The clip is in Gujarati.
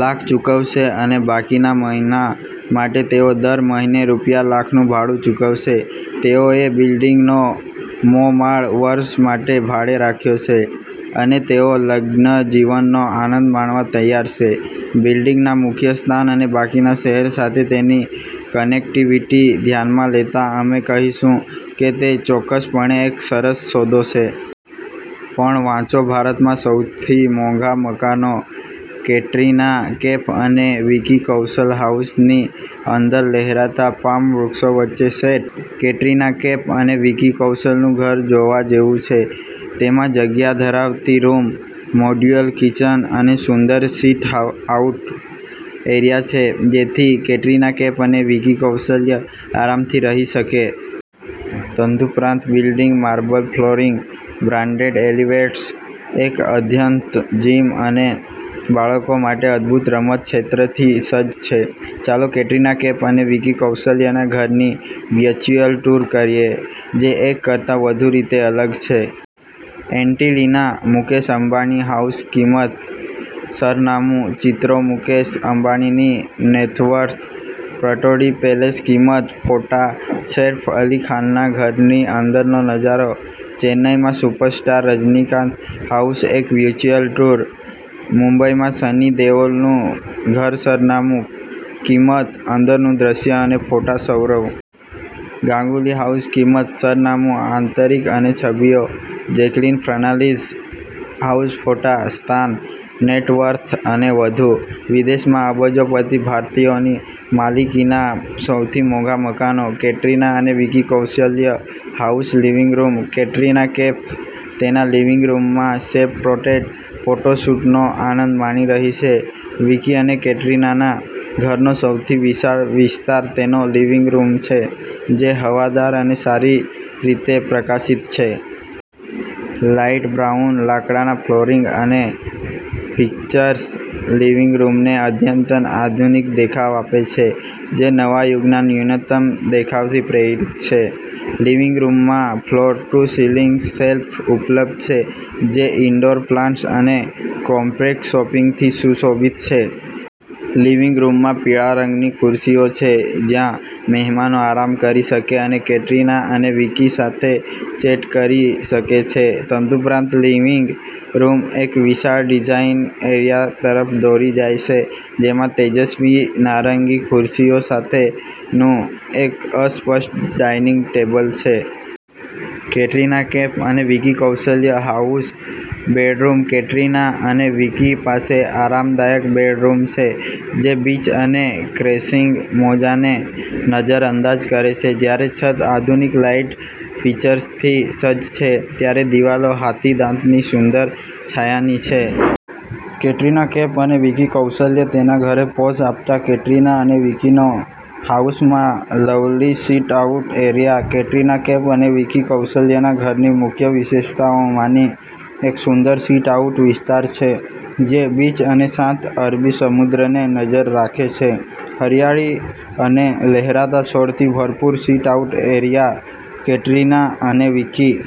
લાખ ચૂકવશે અને બાકીના મહિના માટે તેઓ દર મહિને રૂ. લાખનું ભાડું ચૂકવશે. તેઓએ બિલ્ડીંગનો મો માળ વર્ષ માટે ભાડે રાખ્યો છે અને તેઓ લગ્નજીવનનો આનંદ માણવા તૈયાર છે. બિલ્ડિંગના મુખ્ય સ્થાન અને બાકીના શહેર સાથે તેની કનેક્ટિવિટી ધ્યાનમાં લેતા, અમે કહીશું કે તે ચોક્કસપણે એક સરસ સોદો છે! પણ વાંચોભારતમાં સૌથી મોંઘા મકાનો કેટરિના કૈફ અને વિકી કૌશલ હાઉસની અંદર લહેરાતા પામ વૃક્ષો વચ્ચે સેટ, કેટરિના કૈફ અને વિકી કૌશલનું ઘર જોવા જેવું છે. તેમાં જગ્યા ધરાવતી રૂમ, મોડ્યુલર કિચન અને સુંદર સિટ-હાઉટ આઉટ એરિયા છે જેથી કેટરિના કૈફ અને વિકી કૌશલ્ય આરામથી રહી શકે. તદુપરાંત, building marble flooring, branded elevators, એક અદ્યતન જિમ અને બાળકો માટે અદ્ભુત રમત ક્ષેત્રથી સજ્જ છે. ચાલો કેટરિના કૈફ અને વિકી કૌશલના ઘરની વર્ચ્યુઅલ ટૂર કરીએ, જે એક કરતાં વધુ રીતે અલગ છે. એન્ટિલિના, મુકેશ અંબાણી હાઉસકિંમત, સરનામું, ચિત્રોમુકેશ અંબાણીની નેટવર્થ, પટૌડી પેલેસકિંમત, ફોટા, સૈફ અલી ખાનના ઘરની અંદરનો નજારો, ચેન્નાઈમાં સુપરસ્ટાર રજનીકાંત હાઉસએક વર્ચ્યુઅલ ટૂર, મુંબઈમાં સની દેઓલનું ઘરસરનામું, કિંમત, અંદરનું દૃશ્ય અને ફોટા, સૌરવ ગાંગુલી હાઉસકિંમત, સરનામું, આંતરિક અને છબીઓ, જેકલીન ફર્નાન્ડીઝ હાઉસફોટા, સ્થાન, નેટ વર્થ અને વધુ, વિદેશમાં અબજોપતિ ભારતીયોની માલિકીના સૌથી મોંઘા મકાનો, કેટરિના અને વિકી કૌશલ્ય house living room Katrina Kaif તેના લિવિંગ રૂમમાં સેલ્ફ-પોટ્રેટ ફોટોશૂટનો આનંદ માણી રહી છે વિકી અને કેટરિનાના ઘરનો સૌથી વિશાળ વિસ્તાર તેનો લિવિંગ રૂમ છે, જે હવાદાર અને સારી રીતે પ્રકાશિત છે. લાઈટ બ્રાઉન લાકડાના ફ્લોરિંગ અને ફિક્ચર લિવિંગ રૂમને અત્યંત આધુનિક દેખાવ આપે છે, જે નવા યુગના ન્યૂનતમ દેખાવથી પ્રેરિત છે. લિવિંગ રૂમમાં ફ્લોર-ટુ-સીલિંગ શેલ્ફ ઉપલબ્ધ છે, જે ઇન્ડોર પ્લાન્ટ્સ અને કોમ્પેક્ટ શોપીસથી સુશોભિત છે. લિવિંગ રૂમમાં પીળા રંગની ખુરશીઓ છે જ્યાં મહેમાનો આરામ કરી શકે છે અને કેટરિના અને વિકી સાથે ચેટ કરી શકે છે. તદુપરાંત, લિવિંગ રૂમ એક વિશાળ ડિઝાઇન એરિયા તરફ દોરી જાય છે જેમાં તેજસ્વી નારંગી ખુરશીઓ સાથેનું એક અસ્પષ્ટ ડાઇનિંગ ટેબલ છે. કેટરીના કૈફ અને વિકી કૌશલ્ય હાઉસ બેડરૂમ કેટરિના અને વિકી પાસે આરામદાયક બેડરૂમ છે જે બીચ અને ક્રેશિંગ મોજાને નજરઅંદાજ કરે છે. જ્યારે છત આધુનિક લાઇટ ફીચર્સથી સજ્જ છે, ત્યારે દિવાલો હાથીદાંતની સુંદર છાયાની છે. કેટરિના કૈફ અને વિકી કૌશલ્ય તેના ઘરે પોઝ આપતાં કેટરિના અને વિકીનો હાઉસમાં lovely sit out area Katrina Kaif અને વિકી કૌશલ્યના ઘરની મુખ્ય વિશેષતાઓમાંની એકસુંદર સિટ-આઉટ વિસ્તાર છે જે બીચ અને શાંત અરબી સમુદ્રને નજર રાખે છે. હરિયાળી અને લહેરાતા છોડથી ભરપૂર, સિટ-આઉટ એરિયા કેટરીના અને વિકી